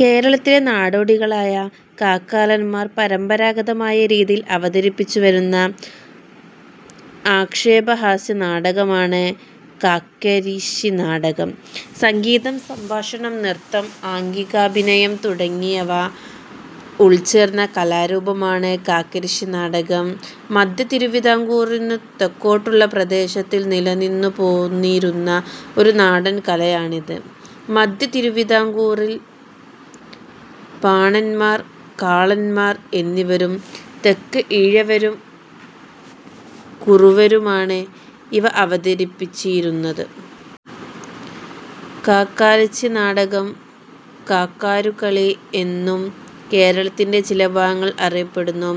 കേരളത്തിലെ നാടോടികളായ കാക്കാലന്മാർ പരമ്പരാഗതമായ രീതിയിൽ അവതരിപ്പിച്ചു വരുന്ന ആക്ഷേപഹാസ്യനാടകമാണ് കാക്കരിശ്ശിനാടകം. സംഗീതം, സംഭാഷണം, നൃത്തം, ആംഗികാഭിനയം തുടങ്ങിയവ ഉൾച്ചേർന്ന കലാരൂപമാണ് കാക്കാരിശ്ശി നാടകം. മധ്യതിരുവതാംകൂറിനു തെക്കോട്ടുള്ള പ്രദേശങ്ങളിൽ നിലനിന്നു പോന്നിരുന്ന ഒരു നാടൻ കലയാണിതു്. മധ്യതിരുവതാംകൂറിൽ പാണന്മാർ, കമ്മാളന്മാർ എന്നിവരും, തെക്ക് ഈഴവരും കുറവരുമാണ് ഇവ അവതിരിപ്പിക്കുന്നതു്. കാക്കാരിശ്ശികളി. കാക്കാലച്ചിനാടകം, കാക്കാരുകളി എന്നും കേരളത്തിൻറെ ചിലഭാഗങ്ങളിൽ അറിയപ്പെടുന്നു.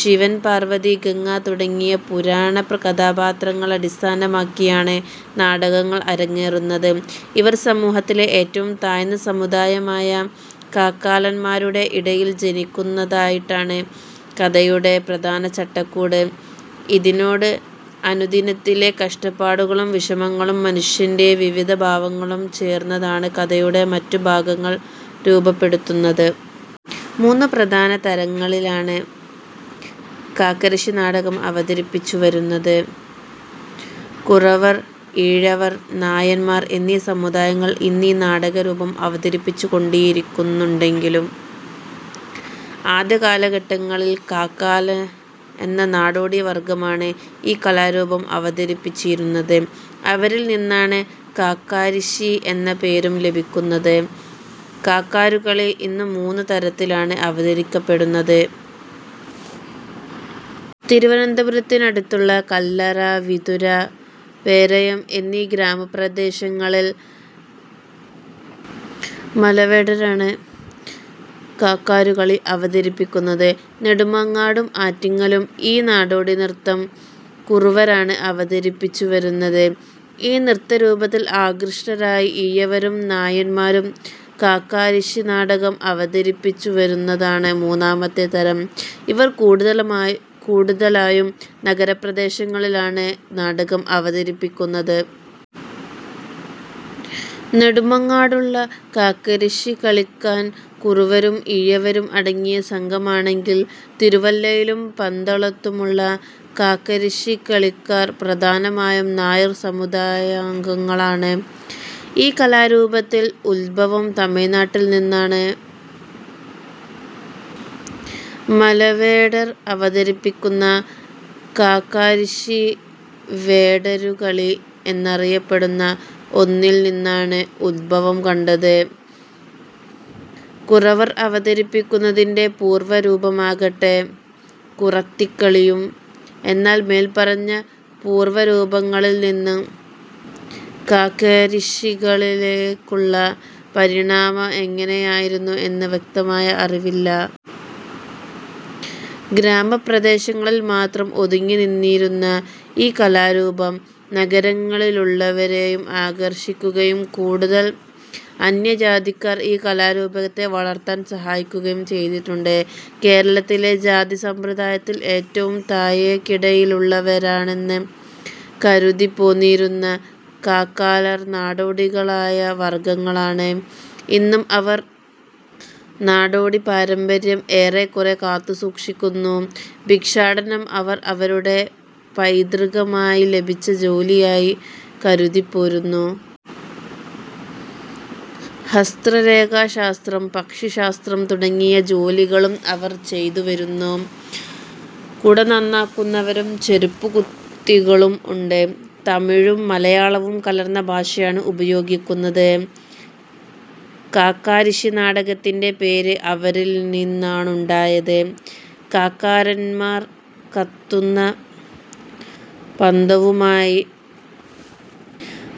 ശിവൻ, പാർവതി, ഗംഗ തുടങ്ങിയ പുരാണ കഥാപാത്രങ്ങളള അടിസ്ഥാനമാക്കിയാണ് നാടകങ്ങൾ അരങ്ങേറുന്നത്. ഇവർ സമൂഹത്തിലെ ഏറ്റവും താഴ്ന്ന സമുദായമായ കാക്കാലന്മാരുടെ ഇടയിൽ ജനിക്കുന്നതായാണ് കഥയുടെ പ്രധാന ചട്ടക്കൂട്. ഇതിനോട് അനുദിനത്തിലെ കഷ്ടപ്പാടുകളും വിഷമതകളും മനുഷ്യന്റെ വിവിധഭാവങ്ങളും ചേർത്താണ് കഥയുടെ മറ്റു ഭാഗങ്ങൾ രൂപപ്പെടുത്തുന്നത്. മൂന്ന് പ്രധാന തരങ്ങളിലാണ് കാക്കരശ്ശി നാടകം അവതരിപ്പിച്ചു വരുന്നത്. കുറവർ, ഈഴവർ, നായന്മാർ എന്നീ സമുദായങ്ങൾ ഇന്ന് ഈ നാടകരൂപം അവതരിപ്പിക്കുന്നുണ്ടെങ്കിലും ആദ്യകാലങ്ങളിൽ കാക്കാലർ എന്ന നാടോടിവർഗ്ഗമാണ് ഈ കലാരൂപം അവതരിപ്പിച്ചിരുന്നത്. അവരിൽ നിന്നാണ് കാക്കാരിശ്ശി എന്ന പേരു ലഭിക്കുന്നത്. കാക്കാരുകളി ഇന്ന് മൂന്ന് തരത്തിലാണ് അവതരിപ്പിക്കപ്പെടുന്നത്. തിരുവനന്തപുരത്തിനടുത്തുള്ള കല്ലറ, വിതുര, പേരയം എന്നീ ഗ്രാമപ്രദേശങ്ങളിൽ മലവേടരാണ് കാക്കാരുകളി അവതരിപ്പിക്കുന്നത്. നെടുമങ്ങാടും ആറ്റിങ്ങലും ഈ നാടോടി നൃത്തം കുറവരാണ് അവതരിപ്പിച്ചു വരുന്നത്. ഈ നൃത്തരൂപത്തിൽ ആകൃഷ്ടരായി ഈഴവരും നായന്മാരും കാക്കാരിശ്ശി നാടകം അവതരിപ്പിച്ചു വരുന്നതാണ് മൂന്നാമത്തെ തരം. ഇവർ കൂടുതലായും നഗരപ്രാന്തങ്ങളിലാണ് നാടകം അവതരിപ്പിക്കുന്നത്. നെടുമങ്ങാടുള്ള കാക്കാരിശ്ശി കളിക്കാർ കുറവരും ഈഴവരും അടങ്ങിയ സംഘമാണെങ്കിൽ തിരുവല്ലയിലും പന്തളത്തുമുള്ള കാക്കാരിശ്ശികളിക്കാർ പ്രധാനമായും നായർ സമുദായാംഗങ്ങളാണ്. ഈ കലാരൂപത്തിന്റെ ഉത്ഭവം തമിഴ്നാട്ടിൽ നിന്നാണ്. മലവേടർ അവതരിപ്പിക്കുന്ന കാക്കാരിശ്ശി വേടരുകളി എന്നറിയപ്പെടുന്ന ഒന്നിൽ നിന്നാണ് ഉത്ഭവം കൊണ്ടത്. കുറവർ അവതരിപ്പിക്കുന്നതിന്റെ പൂർവ രൂപമാകടെ കുറത്തികളിയും. എന്നാൽ മേൽ പറഞ്ഞ പൂർവരൂപങ്ങളിൽ നിന്ന് കാക്കാരിശ്ശികളിയിലേക്കുള്ള പരിണാമ എങ്ങനെയായിരുന്നു എന്ന് വ്യക്തമായ അറിവില്ല. ഗ്രാമപ്രദേശങ്ങളിൽ മാത്രം ഒതുങ്ങി നിന്നിരുന്ന ഈ കലാരൂപം നഗരങ്ങളിലുള്ളവരേയും ആകർഷിക്കുകയും കൂടുതൽ അന്യജാതിക്കാർ ഈ കലാരൂപത്തെ വളർത്താൻ സഹായിക്കുകയും ചെയ്തിട്ടുണ്ട്. കേരളത്തിലെ ജാതിസമ്പ്രദായത്തിൽ ഏറ്റവും താഴെക്കിടയിലുള്ളവരെന്ന് കരുതിപ്പോന്നിരുന്ന കാക്കാലർ നാടോടികളായ വർഗ്ഗങ്ങളാണ്. ഇന്നും അവർ നാടോടി പാരമ്പര്യം ഏറെക്കുറെ കാത്തുസൂക്ഷിക്കുന്നു. ഭിക്ഷാടനം അവർ അവരുടെ പൈതൃകമായി ലഭിച്ച ജോലിയായി കരുതിപ്പോരുന്നു. ഹസ്തരേഖാശാസ്ത്രം, പക്ഷിശാസ്ത്രം തുടങ്ങിയ ജോലികളും അവർ ചെയ്തുവരുന്നു. കുട നന്നാക്കുന്നവരും ചെരുപ്പുകുത്തികളും ഉണ്ട്. തമിഴും മലയാളവും കലർന്ന ഭാഷയാണ് ഉപയോഗിക്കുന്നത്. കാക്കാരിശ്ശി നാടകത്തിന്റെ പേർ അവരിൽ നിന്നാണുണ്ടായത്. കാക്കാന്മാർ കത്തുന്ന പന്തവുമായി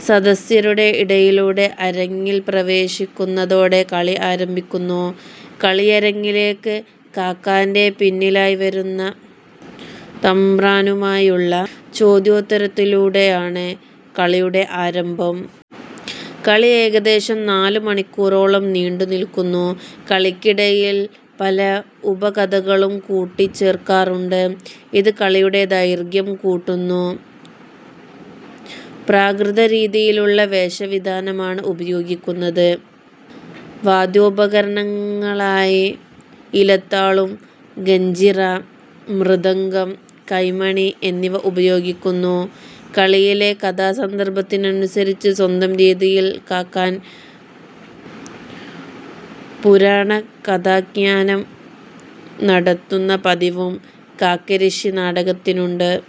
സദസ്യരുടെ ഇടയിലൂടെ അരങ്ങിൽ പ്രവേശിക്കുന്നതോടെ കളി ആരംഭിക്കുന്നു. കളിയരങ്ങിലേക്ക് കാക്കാന്റെ പിന്നിലായി വരുന്ന തബ്രാനുമായുള്ള ചൊദ്യോത്തരത്തിലൂടെയാണ് കളിയുടെ ആരംഭം. കളി ഏകദേശം നാലുമണിക്കൂറോളം നീണ്ടുനിൽക്കും. കളിക്കിടയിൽ പല ഉപകഥകളും കൂട്ടിചേർക്കാറുണ്ട്. ഇത് കളിയുടെ ദൈർഘ്യം കൂട്ടുന്നു. പ്രാകൃത രീതിയിലുള്ള വേഷവിധാനങ്ങളാണ് ഉപയോഗിക്കുന്നതു്. വാദ്യോപകരണങ്ങളായി ഇലത്താളം, ഗഞ്ചിറ, മൃദംഗം, കൈമണി എന്നിവ ഉപയോഗിക്കുന്നു. കളിയിലെ കഥാസന്ദർഭത്തിനനുസരിച്ച് സ്വന്തം രീതിയിൽ കാക്കാൻ പുരാണകഥാഖ്യാനം നടത്തുന്ന പതിവും കാക്കരിശ്ശി നാടകത്തിനുണ്ട്.